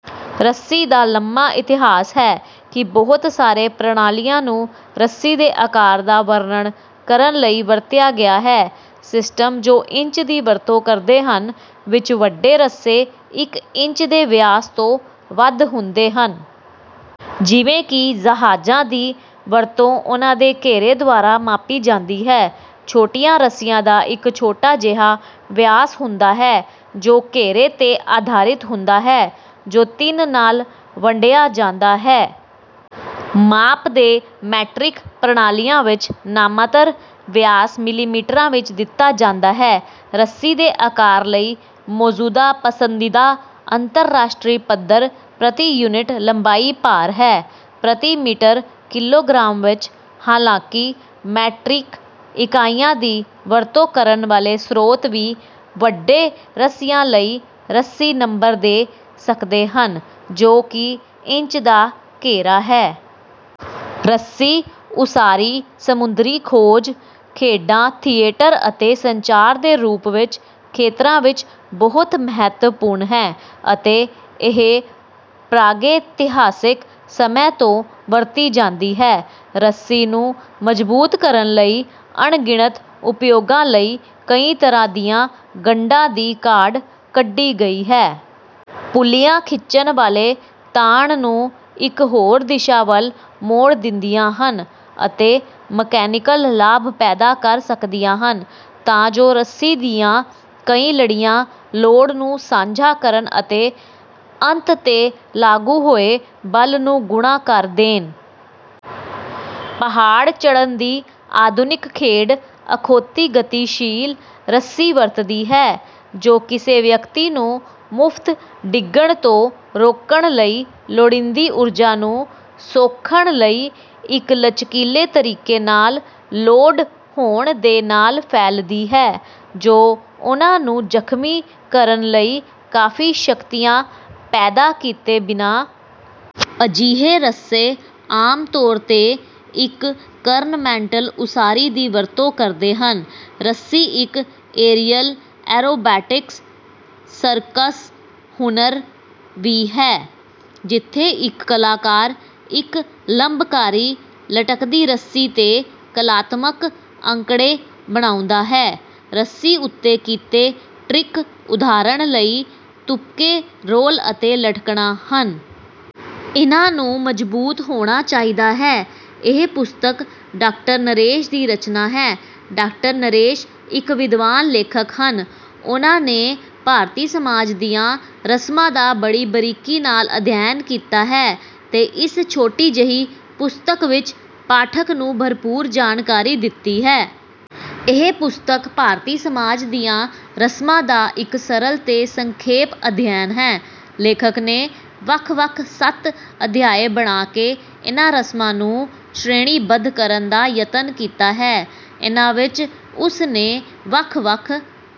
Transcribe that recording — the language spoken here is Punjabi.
ਰੱਸੀ ਦਾ ਲੰਮਾ ਇਤਿਹਾਸ ਹੈ ਕਿ ਬਹੁਤ ਸਾਰੇ ਪ੍ਰਣਾਲੀਆਂ ਨੂੰ ਰੱਸੀ ਦੇ ਆਕਾਰ ਦਾ ਵਰਣਨ ਕਰਨ ਲਈ ਵਰਤਿਆ ਗਿਆ ਹੈ। ਸਿਸਟਮ ਜੋ "ਇੰਚ" ਦੀ ਵਰਤੋਂ ਕਰਦੇ ਹਨ, ਵਿੱਚ ਵੱਡੇ ਰੱਸੇ ਇੱਕ ਇੰਚ ਦੇ ਵਿਆਸ ਤੋਂ ਵੱਧ ਹੁੰਦੇ ਹਨ। ਜਿਵੇਂ ਕਿ ਜਹਾਜ਼ਾਂ ਦੀ ਵਰਤੋਂ ਉਹਨਾਂ ਦੇ ਘੇਰੇ ਦੁਆਰਾ ਮਾਪੀ ਜਾਂਦੀ ਹੈ। ਛੋਟੀਆਂ ਰੱਸੀਆਂ ਦਾ ਇੱਕ ਛੋਟਾ ਜਿਹਾ ਵਿਆਸ ਹੁੰਦਾ ਹੈ, ਜੋ ਘੇਰੇ 'ਤੇ ਆਧਾਰਿਤ ਹੁੰਦਾ ਹੈ, ਜੋ ਤਿੰਨ ਨਾਲ ਵੰਡਿਆ ਜਾਂਦਾ ਹੈ। ਮਾਪ ਦੇ ਮੈਟ੍ਰਿਕ ਪ੍ਰਣਾਲੀਆਂ ਵਿੱਚ, ਨਾਮਾਤਰ ਵਿਆਸ ਮਿਲੀਮੀਟਰਾਂ ਵਿੱਚ ਦਿੱਤਾ ਜਾਂਦਾ ਹੈ। ਰੱਸੀ ਦੇ ਆਕਾਰ ਲਈ ਮੌਜੂਦਾ ਪਸੰਦੀਦਾ ਅੰਤਰਰਾਸ਼ਟਰੀ ਪੱਧਰ ਪ੍ਰਤੀ ਯੂਨਿਟ ਲੰਬਾਈ ਭਾਰ ਹੈ, ਪ੍ਰਤੀ ਮੀਟਰ ਕਿਲੋਗ੍ਰਾਮ ਵਿੱਚ। ਹਾਲਾਂਕਿ, ਮੈਟ੍ਰਿਕ ਇਕਾਈਆਂ ਦੀ ਵਰਤੋਂ ਕਰਨ ਵਾਲੇ ਸਰੋਤ ਵੀ ਵੱਡੇ ਰੱਸਿਆਂ ਲਈ "ਰੱਸੀ ਨੰਬਰ" ਦੇ ਸਕਦੇ ਹਨ, ਜੋ ਕਿ ਇੰਚ ਦਾ ਘੇਰਾ ਹੈ। ਰੱਸੀ ਉਸਾਰੀ, ਸਮੁੰਦਰੀ, ਖੋਜ, ਖੇਡਾਂ, ਥੀਏਟਰ ਅਤੇ ਸੰਚਾਰ ਦੇ ਰੂਪ ਵਿੱਚ ਖੇਤਰਾਂ ਵਿੱਚ ਬਹੁਤ ਮਹੱਤਵਪੂਰਨ ਹੈ, ਅਤੇ ਇਹ ਪ੍ਰਾਗੈਤਿਹਾਸਿਕ ਸਮੇਂ ਤੋਂ ਵਰਤੀ ਜਾਂਦੀ ਹੈ। ਰੱਸੀ ਨੂੰ ਮਜ਼ਬੂਤ ਕਰਨ ਲਈ, ਅਣਗਿਣਤ ਉਪਯੋਗਾਂ ਲਈ ਕਈ ਤਰ੍ਹਾਂ ਦੀਆਂ ਗੰਢਾਂ ਦੀ ਕਾਢ ਕੱਢੀ ਗਈ ਹੈ। ਪੁੱਲੀਆਂ ਖਿੱਚਣ ਵਾਲੇ ਤਾਣ ਨੂੰ ਇੱਕ ਹੋਰ ਦਿਸ਼ਾ ਵੱਲ ਮੋੜ ਦਿੰਦੀਆਂ ਹਨ ਅਤੇ ਮਕੈਨੀਕਲ ਲਾਭ ਪੈਦਾ ਕਰ ਸਕਦੀਆਂ ਹਨ, ਤਾਂ ਜੋ ਰੱਸੀ ਦੀਆਂ ਕਈ ਲੜੀਆਂ ਲੋਡ ਨੂੰ ਸਾਂਝਾ ਕਰਨ ਅਤੇ ਅੰਤ 'ਤੇ ਲਾਗੂ ਹੋਏ ਬਲ ਨੂੰ ਗੁਣਾ ਕਰ ਦੇਣ। ਪਹਾੜ ਚੜ੍ਹਨ ਦੀ ਆਧੁਨਿਕ ਖੇਡ ਅਖੌਤੀ "ਗਤੀਸ਼ੀਲ" ਰੱਸੀ ਵਰਤਦੀ ਹੈ, ਜੋ ਕਿਸੇ ਵਿਅਕਤੀ ਨੂੰ ਮੁਫ਼ਤ ਡਿੱਗਣ ਤੋਂ ਰੋਕਣ ਲਈ ਲੋੜੀਂਦੀ ਊਰਜਾ ਨੂੰ ਸੋਖਣ ਲਈ ਇੱਕ ਲਚਕੀਲੇ ਤਰੀਕੇ ਨਾਲ ਲੋਡ ਹੋਣ ਦੇ ਨਾਲ ਫੈਲਦੀ ਹੈ, ਜੋ ਉਹਨਾਂ ਨੂੰ ਜ਼ਖ਼ਮੀ ਕਰਨ ਲਈ ਕਾਫ਼ੀ ਸ਼ਕਤੀਆਂ ਪੈਦਾ ਕੀਤੇ ਬਿਨਾਂ। ਅਜਿਹੇ ਰੱਸੇ ਆਮ ਤੌਰ 'ਤੇ ਇੱਕ ਕਰਨਮੈਂਟਲ ਉਸਾਰੀ ਦੀ ਵਰਤੋਂ ਕਰਦੇ ਹਨ। ਰੱਸੀ ਇੱਕ ਏਰੀਅਲ ਐਰੋਬੈਟਿਕਸ ਸਰਕਸ ਹੁਨਰ ਵੀ ਹੈ, ਜਿੱਥੇ ਇੱਕ ਕਲਾਕਾਰ ਇੱਕ ਲੰਬਕਾਰੀ ਲਟਕਦੀ ਰੱਸੀ 'ਤੇ ਕਲਾਤਮਕ ਅੰਕੜੇ ਬਣਾਉਂਦਾ ਹੈ। ਰੱਸੀ ਉੱਤੇ ਕੀਤੇ ਟ੍ਰਿਕ, ਉਦਾਹਰਨ ਲਈ, ਤੁਪਕੇ, ਰੋਲ ਅਤੇ ਲਟਕਣਾ ਹਨ। ਇਹਨਾਂ ਨੂੰ ਮਜ਼ਬੂਤ ਹੋਣਾ ਚਾਹੀਦਾ ਹੈ। ਇਹ ਪੁਸਤਕ ਡਾਕਟਰ ਨਰੇਸ਼ ਦੀ ਰਚਨਾ ਹੈ। ਡਾਕਟਰ ਨਰੇਸ਼ ਇੱਕ ਵਿਦਵਾਨ ਲੇਖਕ ਹਨ। ਉਹਨਾਂ ਨੇ ਭਾਰਤੀ ਸਮਾਜ ਦੀਆਂ ਰਸਮਾਂ ਦਾ ਬੜੀ ਬਾਰੀਕੀ ਨਾਲ ਅਧਿਐਨ ਕੀਤਾ ਹੈ ਤੇ ਇਸ ਛੋਟੀ ਜਿਹੀ ਪੁਸਤਕ ਵਿੱਚ ਪਾਠਕ ਨੂੰ ਭਰਪੂਰ ਜਾਣਕਾਰੀ ਦਿੱਤੀ ਹੈ। ਇਹ ਪੁਸਤਕ ਭਾਰਤੀ ਸਮਾਜ ਦੀਆਂ ਰਸਮਾਂ ਦਾ ਇੱਕ ਸਰਲ ਤੇ ਸੰਖੇਪ ਅਧਿਐਨ ਹੈ। ਲੇਖਕ ਨੇ ਵੱਖ-ਵੱਖ ਸੱਤ ਅਧਿਆਇ ਬਣਾ ਕੇ ਇਹਨਾਂ ਰਸਮਾਂ ਨੂੰ ਸ਼੍ਰੇਣੀਬੱਧ ਕਰਨ ਦਾ ਯਤਨ ਕੀਤਾ ਹੈ। ਇਹਨਾਂ ਵਿੱਚ ਉਸ ਨੇ ਵੱਖ-ਵੱਖ